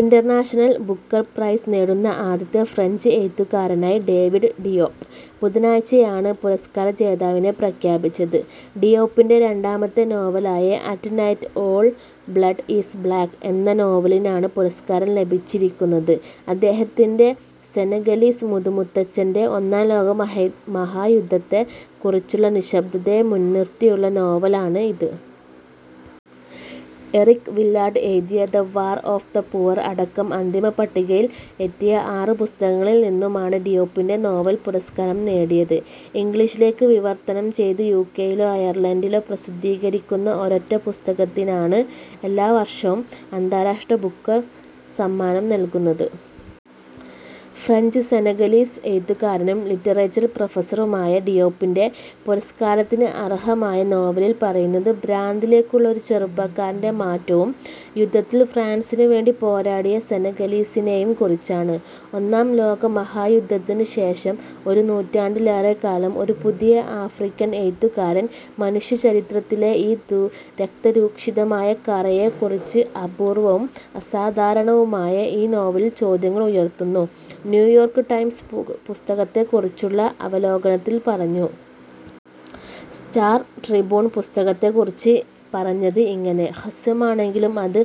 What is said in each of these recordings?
International‍ Booker‍ prize നേടുന്ന ആദ്യത്തെ French എഴുത്തുകാരനായി David Diop. ബുധനാഴ്ചയാണ് പുരസ്കാര ജേതാവിനെ പ്രഖ്യാപിച്ചത്. ഡിയോപിന്‍റെ രണ്ടാമത്തെ നോവലായ ' at night all blood is black ' എന്ന നോവലിനാണ് പുരസ്കാരം ലഭിച്ചിരിക്കുന്നത്. അദ്ദേഹത്തിന്‍റെ സെനഗലീസ് മുതുമുത്തച്ഛന്‍റെ, ഒന്നാം ലോക മഹായുദ്ധത്തെ കുറിച്ചുള്ള നിശബ്ദതയെ മുന്നിര്‍ത്തിയുള്ള നോവലാണ് ഇത്. എറിക് വില്ലാർഡ് എഴുതിയ ' the war of the poor ' അടക്കം അന്തിമപട്ടികയിൽ എത്തിയ ആറ് പുസ്തകങ്ങളിൽ നിന്നുമാണ് ഡിയോപിന്‍റെ നോവല്‍ പുരസ്കാരം നേടിയത്. ഇംഗ്ലീഷിലേക്ക് വിവർത്തനം ചെയ്ത് യുകെയിലോ അയർലൻഡിലോ പ്രസിദ്ധീകരിക്കുന്ന ഒരൊറ്റ പുസ്തകത്തിനാണ് എല്ലാ വർഷവും അന്താരാഷ്ട്ര ബുക്കർ സമ്മാനം നൽകുന്നത്. ഫ്രഞ്ച്-സെനഗലീസ് എഴുത്തുകാരനും ലിറ്ററേച്ചർ പ്രൊഫസറുമായ ഡിയോപിന്‍റെ, പുരസ്കാരത്തിന് അര്‍ഹമായ നോവലില്‍ പറയുന്നത് ഭ്രാന്തിലേക്കുള്ള ഒരു ചെറുപ്പക്കാരന്‍റെ മാറ്റവും യുദ്ധത്തില്‍ ഫ്രാന്‍സിനുവേണ്ടി പോരാടിയ സെനഗലീസിനെയും കുറിച്ചാണ്. ' ഒന്നാം ലോകമഹായുദ്ധത്തിന് ശേഷം ഒരു നൂറ്റാണ്ടിലേറെ കാലം- ഒരു പുതിയ ആഫ്രിക്കൻ എഴുത്തുകാരൻ മനുഷ്യചരിത്രത്തിലെ ഈ രക്തരൂക്ഷിതമായ കറയെക്കുറിച്ച് അപൂർവവും അസാധാരണവുമായ ഈ നോവലിൽ ചോദ്യങ്ങൾ ഉയര്‍ത്തുന്നു ' -ന്യൂയോർക്ക് ടൈംസ് പുസ്തകത്തെ കുറിച്ചുള്ള അവലോകനത്തിൽ പറഞ്ഞു. സ്റ്റാർ ട്രിബ്യൂൺ പുസ്തകത്തെ കുറിച്ച് പറഞ്ഞത് ഇങ്ങനെ: ' ഹ്രസ്വമാണെങ്കിലും, അത്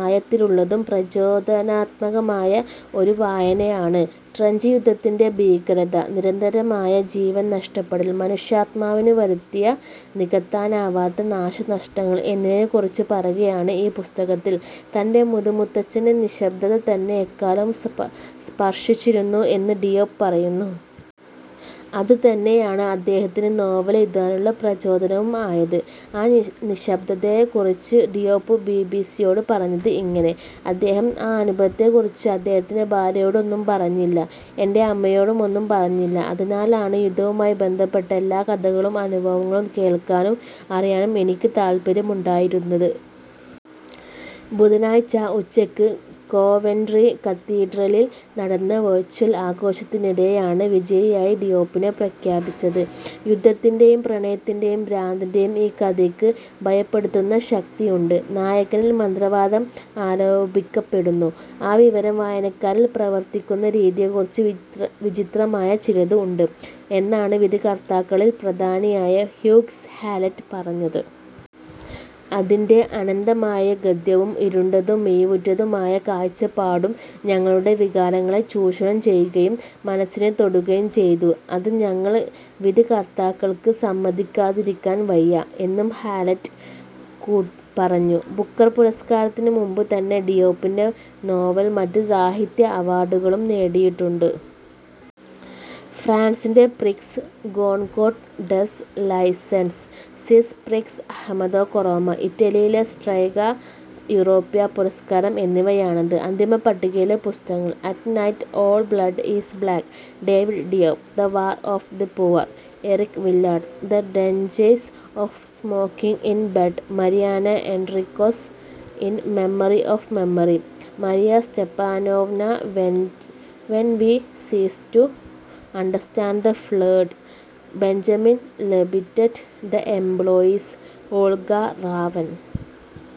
ആഴത്തിലുള്ളതും പ്രചോദനാത്മകവുമായ ഒരു വായനയാണ്. ട്രെഞ്ച് യുദ്ധത്തിന്‍റെ ഭീകരത, നിരന്തരമായ ജീവൻ നഷ്ടപ്പെടൽ, മനുഷ്യാത്മാവിനു വരുത്തിയ നികത്താനാവാത്ത നാശനഷ്ടങ്ങൾ എന്നിവയെ കുറിച്ച് പറയുകയാണ് ഈ പുസ്തകത്തിൽ '. തന്‍റെ മുതുമുത്തച്ഛന്‍റെ നിശബ്ദത തന്നെ എക്കാലവും സ്പർശിച്ചിരുന്നു എന്ന് ഡിയോപ് പറയുന്നു. അത് തന്നെയാണ് അദ്ദേഹത്തിന് നോവലെഴുതാനുള്ള പ്രചോദനവും ആയത്. ആ നിശബ്ദതയെ കുറിച്ച് ഡിയോപ് ബിബിസിയോട് പറഞ്ഞത് ഇങ്ങനെ, ' അദ്ദേഹം ആ അനുഭവത്തെ കുറിച്ച് അദ്ദേഹത്തിന്‍റെ ഭാര്യയോട് ഒന്നും പറഞ്ഞില്ല, എന്‍റെ അമ്മയോടും ഒന്നും പറഞ്ഞില്ല. അതിനാലാണ് യുദ്ധവുമായി ബന്ധപ്പെട്ട എല്ലാ കഥകളും അനുഭവങ്ങളും കേള്‍ക്കാനും അറിയാനും എനിക്ക് താല്പര്യമുണ്ടായത്. ' ബുധനാഴ്ച ഉച്ചയ്ക്ക് കോവെൻട്രി കത്തീഡ്രലിൽ നടന്ന വെർച്വൽ ആഘോഷത്തിനിടെയാണ് വിജയിയായി ഡിയോപിനെ പ്രഖ്യാപിച്ചത്. ' യുദ്ധത്തിന്‍റെയും പ്രണയത്തിന്‍റെയും ഭ്രാന്തിന്‍റെയും ഈ കഥയ്ക്ക് ഭയപ്പെടുത്തുന്ന ശക്തിയുണ്ട്. നായകനിൽ മന്ത്രവാദം ആരോപിക്കപ്പെടുന്നു, ആ വിവരണം വായനക്കാരിൽ പ്രവർത്തിക്കുന്ന രീതിയെക്കുറിച്ച് വിചിത്രമായ ചിലത് ഉണ്ട് ' എന്നാണ് വിധികർത്താക്കളിൽ പ്രധാനിയായ ഹ്യൂഗ്സ് ഹാലറ്റ് പറഞ്ഞത്. ' അതിന്‍റെ അനന്തമായ ഗദ്യവും ഇരുണ്ടതും മിഴിവുറ്റതുമായ കാഴ്ചപ്പാടും ഞങ്ങളുടെ വികാരങ്ങളെ ചൂഷണം ചെയ്യുകയും മനസിനെ തൊടുകയും ചെയ്തു. അത് ഞങ്ങൾ വിധികർത്താക്കൾക്ക് സമ്മതിക്കാതിരിക്കാൻ വയ്യ ' എന്നും ഹാലറ്റ് പറഞ്ഞു. ബുക്കര്‍ പുരസ്കാരത്തിന് മുമ്പ് തന്നെ, ഡിയോപ്പിന്‍റെ നോവൽ മറ്റ് സാഹിത്യ അവാർഡുകളും നേടിയിട്ടുണ്ട്. ഫ്രാൻസിന്‍റെ ' Prix Goncourt des Lycéens ',' Swiss Prix Ahmadou Kourouma ', ഇറ്റലിയിലെ ' സ്ട്രെഗ യൂറോപ്യൻ പുരസ്കാരം ' എന്നിവയാണത്. അന്തിമപട്ടികയിലെ പുസ്തകങ്ങൾ: at night all blood is black – David Diop the war of the poor – Eric Vuillard the dangers of smoking in‍ bed – Mariana Enriquez ഇന്‍ memory of memory – Maria Stepanova when വീ സീസ് to understand the World – Benjamin Labatut The Employees – Olga Raven.